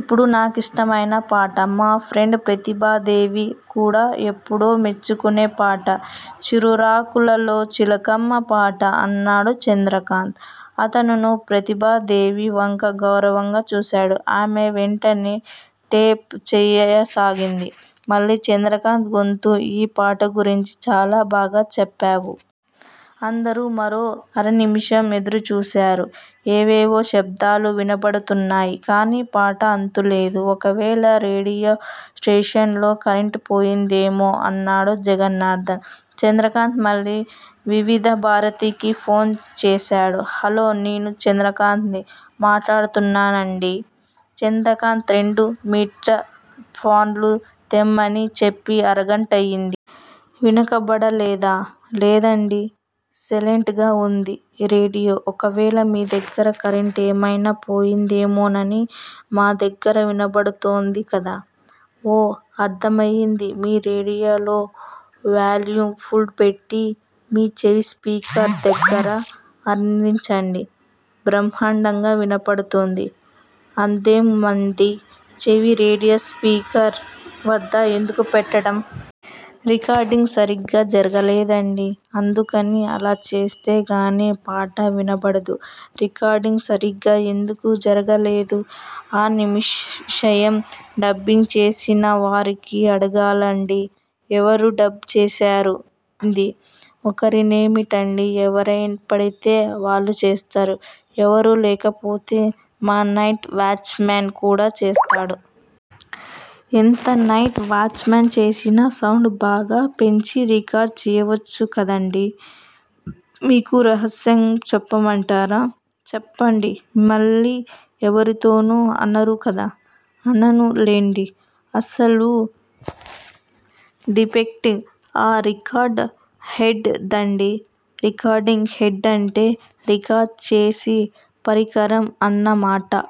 ఇప్పుడు- నాకిష్టమయిన పాట- మా ఫ్రెండ్ ప్రతిభాదేవి కూడా ఎప్పుడూ మెచ్చుకునే పాట- చిరురాకులలో చిలకమ్మా పాట అన్నాడు చంద్రకాంత్. అతనను ప్రతిభాదేవి వంక గౌర్వంగా చూశాడు. ఆమె వెంటనే టేప్ చేయసాగింది. మళ్ళీ చంద్రకాంత్ గొంతు- ఈ పాట గురించి చాలా బాగా చెప్పావు! అందరూ మరో అరనిముషం ఎదుర్చూశారు. ఏవేవో శబ్దాలు వినపడుతున్నాయ్. కానీ పాట అంతులేదు. ఒకవేళ రేడియో స్టేషన్ లో కరెంటుపోయిందేమో! అన్నాడు జగన్నాథన్. చంద్రకాంత్ మళ్ళీ వివిధభారతికి ఫోన్ చేశాడు. హలో, నేను చంద్రకాంత్ ని మాట్లాడుతున్నానండీ. చంద్రకాంత్ రెండు మీటపాన్లు తెమ్మని చెప్పి అరగంటయింది. వినకబడలేదా? లేదండీ సెలెంట్ గా ఉంది రేడియో. ఒకవేళ మీ దగ్గర కరెంటేమయినా పోయిందేమోనని- మా దగ్గర వినబడుతోంది కదా! ఓ అర్థమయ్యింది మీ రేడియో లో వ్యాల్యూమ్ ఫుల్ పెట్టి, మీ చెవి స్పీకర్ దగ్గర అందించండి! బ్రహ్మాండంగా వినబడుతుంది. అంతేముంది చెవి రేడియో స్పీకరు వద్ద ఎందుకు పెట్టటం? రికార్డింగ్ సరిగ్గా జరగలేదండీ. అందుకని అలా చేస్తే గానీ పాట వినబడదు రికార్డింగ్ సరిగ్గా ఎందుకు జరగలేదు? ఆ విషయం డబ్బింగ్ చేసినవారికి అడగాలండి! ఎవరు డబ్ చేసింది? ఒకరనేమిటండీ ఎవరుపడితే వాళ్లు చేస్తారు. ఎవరూ లేకపోతే మా నైట్ వాచ్ మెన్ కూడా చేస్తాడు. ఎంత నైట్ వాచ్ మన్ చేసినా సౌండ్ బాగా పెంచి రికార్డ్ చేయవచ్చు కదండీ? మీకో రహస్యం చెప్పమంటారా? చెప్పండి. మళ్ళీ ఎవరితోనూ అనరు కదా? అననులెండి. అసలు డిఫెక్ట్ ఆ రికార్డ్ హెడ్ దండీ. రికార్డింగ్ హెడ్డంటే? రికార్డ్ చేసి పరికరం అన్న మాట!